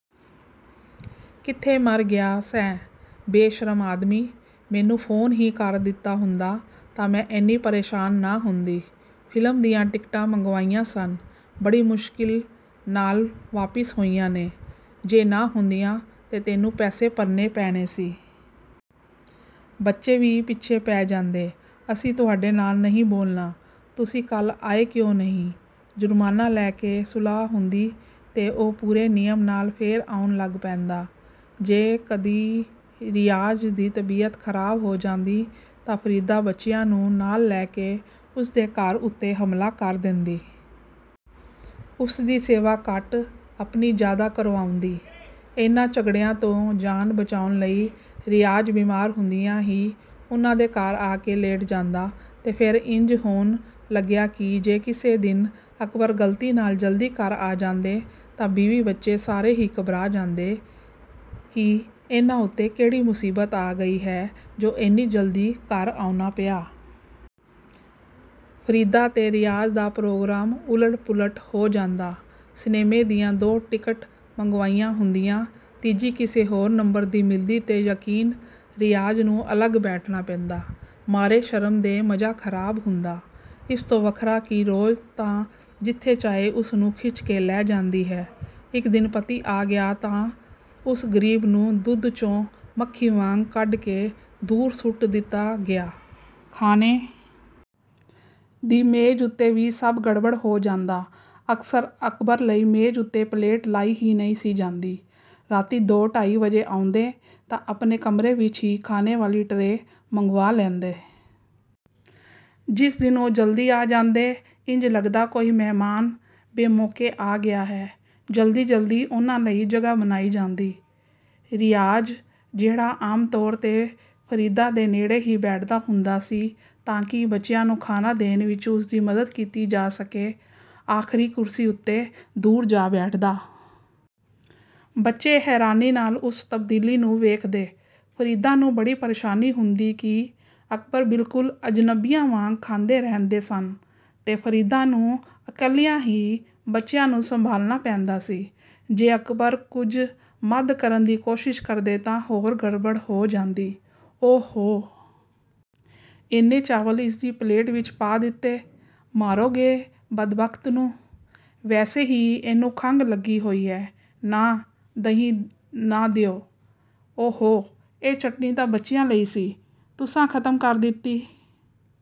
ਕਿੱਥੇ ਮਰ ਗਿਆ ਸੈਂ, ਬੇਸ਼ਰਮ ਆਦਮੀ! ਮੈਨੂੰ ਫ਼ੋਨ ਹੀ ਕਰ ਦਿੱਤਾ ਹੁੰਦਾ ਤਾਂ ਮੈਂ ਏਨੀ ਪਰੇਸ਼ਾਨ ਨਾ ਹੁੰਦੀ। ਫ਼ਿਲਮ ਦੀਆਂ ਟਿਕਟਾਂ ਮੰਗਵਾਈਆਂ ਸਨ, ਬੜੀ ਮੁਸ਼ਕਿਲ ਨਾਲ ਵਾਪਿਸ ਹੋਈਆਂ ਨੇ-- ਜੇ ਨਾ ਹੁੰਦੀਆਂ ਤਾਂ ਤੈਨੂੰ ਪੈਸੇ ਭਰਨੇ ਪੈਣੇ ਸੀ। ਬੱਚੇ ਵੀ ਪਿੱਛੇ ਪੈ ਜਾਂਦੇ -- 'ਅਸੀਂ ਤੁਹਾਡੇ ਨਾਲ ਨਹੀਂ ਬੋਲਣਾ, ਤੁਸੀਂ ਕੱਲ੍ਹ ਆਏ ਕਿਉਂ ਨਹੀਂ?' ਜੁਰਮਾਨਾ ਲੈ ਕੇ ਸੁਲਾਹ ਹੁੰਦੀ ਤੇ ਉਹ ਪੂਰੇ ਨਿਯਮ ਨਾਲ ਫੇਰ ਆਉਣ ਲੱਗ ਪੈਂਦਾ। ਜੇ ਕਦੀ ਰਿਆਜ਼ ਦੀ ਤਬੀਅਤ ਖਰਾਬ ਹੋ ਜਾਂਦੀ ਤਾਂ ਫਰੀਦਾ ਬੱਚਿਆਂ ਨੂੰ ਨਾਲ ਲੈ ਕੇ ਉਸ ਦੇ ਘਰ ਉੱਤੇ ਹਮਲਾ ਕਰ ਦੇਂਦੀ। ਉਸਦੀ ਸੇਵਾ ਘੱਟ, ਆਪਣੀ ਜ਼ਿਆਦਾ ਕਰਵਾਉਂਦੀ। ਇਹਨਾਂ ਝਗੜਿਆਂ ਤੋਂ ਜਾਨ ਬਚਾਉਣ ਲਈ ਰਿਆਜ਼ ਬਿਮਾਰ ਹੁੰਦਿਆਂ ਹੀ ਉਹਨਾਂ ਦੇ ਘਰ ਆ ਕੇ ਲੇਟ ਜਾਂਦਾ। ਤੇ ਫੇਰ ਇੰਜ ਹੋਣ ਲੱਗਿਆ ਕਿ ਜੇ ਕਿਸੇ ਦਿਨ ਅਕਬਰ ਗਲਤੀ ਨਾਲ ਜਲਦੀ ਘਰ ਆ ਜਾਂਦੇ ਤਾਂ ਬੀਵੀ ਬੱਚੇ ਸਾਰੇ ਹੀ ਘਬਰਾ ਜਾਂਦੇ ਕਿ 'ਇਹਨਾਂ ਉੱਤੇ ਕਿਹੜੀ ਮੁਸੀਬਤ ਆ ਗਈ ਹੈ ਜੋ ਏਨੀ ਜਲਦੀ ਘਰ ਆਉਣਾ ਪਿਆ?' ਫਰੀਦਾ ਤੇ ਰਿਆਜ਼ ਦਾ ਪ੍ਰੋਗਰਾਮ ਉਲਟ-ਪੁਲਟ ਹੋ ਜਾਂਦਾ --ਸਿਨੇਮੇ ਦੀਆਂ ਦੋ ਟਿਕਟ ਮੰਗਵਾਈਆਂ ਹੁੰਦੀਆਂ, ਤੀਜੀ ਕਿਸੇ ਹੋਰ ਨੰਬਰ ਦੀ ਮਿਲਦੀ ਤੇ ਯਕੀਨ ਰਿਆਜ਼ ਨੂੰ ਅਲੱਗ ਬੈਠਣਾ ਪੈਂਦਾ। ਮਾਰੇ ਸ਼ਰਮ ਦੇ ਮਜ਼ਾ ਖਰਾਬ ਹੁੰਦਾ, ਇਸ ਤੋਂ ਵੱਖਰਾ ਕਿ ਰੋਜ਼ ਤਾਂ ਜਿੱਥੇ ਚਾਹੇ ਉਸ ਨੂੰ ਖਿੱਚ ਕੇ ਲੈ ਜਾਂਦੀ ਹੈ, ਇੱਕ ਦਿਨ ਪਤੀ ਆ ਗਿਆ ਤਾਂ ਉਸ ਗਰੀਬ ਨੂੰ ਦੁੱਧ 'ਚੋਂ ਮੱਖੀ ਵਾਂਗ ਕੱਢ ਕੇ ਦੂਰ ਸੁੱਟ ਦਿੱਤਾ ਗਿਆ। ਖਾਣੇ ਦੀ ਮੇਜ਼ ਉੱਤੇ ਵੀ ਸਭ ਗੜਬੜ ਹੋ ਜਾਂਦਾ --ਅਕਸਰ, ਅਕਬਰ ਲਈ ਮੇਜ਼ ਉੱਤੇ ਪਲੇਟ ਲਾਈ ਹੀ ਨਹੀਂ ਸੀ ਜਾਂਦੀ। ਰਾਤੀਂ ਦੋ ਢਾਈ ਵਜੇ ਆਉਂਦੇ ਤਾਂ ਆਪਣੇ ਕਮਰੇ ਵਿੱਚ ਹੀ ਖਾਣੇ ਵਾਲੀ ਟਰੇ ਮੰਗਵਾ ਲੈਂਦੇ। ਜਿਸ ਦਿਨ ਉਹ ਜਲਦੀ ਆ ਜਾਂਦੇ, ਇੰਜ ਲੱਗਦਾ ਕੋਈ ਮਹਿਮਾਨ ਬੇਮੌਕੇ ਆ ਗਿਆ ਹੈ। ਜਲਦੀ-ਜਲਦੀ ਉਹਨਾਂ ਲਈ ਜਗ੍ਹਾ ਬਣਾਈ ਜਾਂਦੀ --ਰਿਆਜ਼ ਜਿਹੜਾ ਆਮ ਤੌਰ 'ਤੇ ਫਰੀਦਾ ਦੇ ਨੇੜੇ ਹੀ ਬੈਠਦਾ ਹੁੰਦਾ ਸੀ ਤਾਂਕਿ ਬੱਚਿਆਂ ਨੂੰ ਖਾਣਾ ਦੇਣ ਵਿੱਚ ਉਸਦੀ ਮਦਦ ਕੀਤੀ ਜਾ ਸਕੇ, ਆਖ਼ਰੀ ਕੁਰਸੀ ਉੱਤੇ, ਦੂਰ ਜਾ ਬੈਠਦਾ। ਬੱਚੇ ਹੈਰਾਨੀ ਨਾਲ ਉਸ ਤਬਦੀਲੀ ਨੂੰ ਵੇਖਦੇ। ਫਰੀਦਾ ਨੂੰ ਬੜੀ ਪਰੇਸ਼ਾਨੀ ਹੁੰਦੀ ਕਿ, ਅਕਬਰ ਬਿਲਕੁਲ ਅਜਨਬੀਆਂ ਵਾਂਗ ਖਾਂਦੇ ਰਹਿੰਦੇ ਸਨ ਤੇ ਫਰੀਦਾ ਨੂੰ ਇਕੱਲਿਆਂ ਹੀ ਬੱਚਿਆਂ ਨੂੰ ਸੰਭਾਲਣਾ ਪੈਂਦਾ ਸੀ। ਜੇ ਅਕਬਰ ਕੁਝ ਮਦ ਕਰਨ ਦੀ ਕੋਸ਼ਿਸ਼ ਕਰਦੇ ਤਾਂ ਹੋਰ ਗੜਬੜ ਹੋ ਜਾਂਦੀ --"ਓ-ਹੋ! ਏਨੇ ਚਾਵਲ ਇਸ ਦੀ ਪਲੇਟ ਵਿੱਚ ਪਾ ਦਿੱਤੇ-- ਮਾਰੋਗੇ ਬਦਬਖ਼ਤ ਨੂੰ। ਵੈਸੇ ਹੀ ਇਹਨੂੰ ਖੰਘ ਲੱਗੀ ਹੋਈ ਹੈ। ਨਾ, ਦਹੀਂ ਨਾ ਦਿਓ। ਓ-ਹੋ ਇਹ ਚਟਨੀ ਤਾਂ ਬੱਚਿਆਂ ਲਈ ਸੀ --ਤੁਸਾਂ ਖਤਮ ਕਰ ਦਿੱਤੀ।"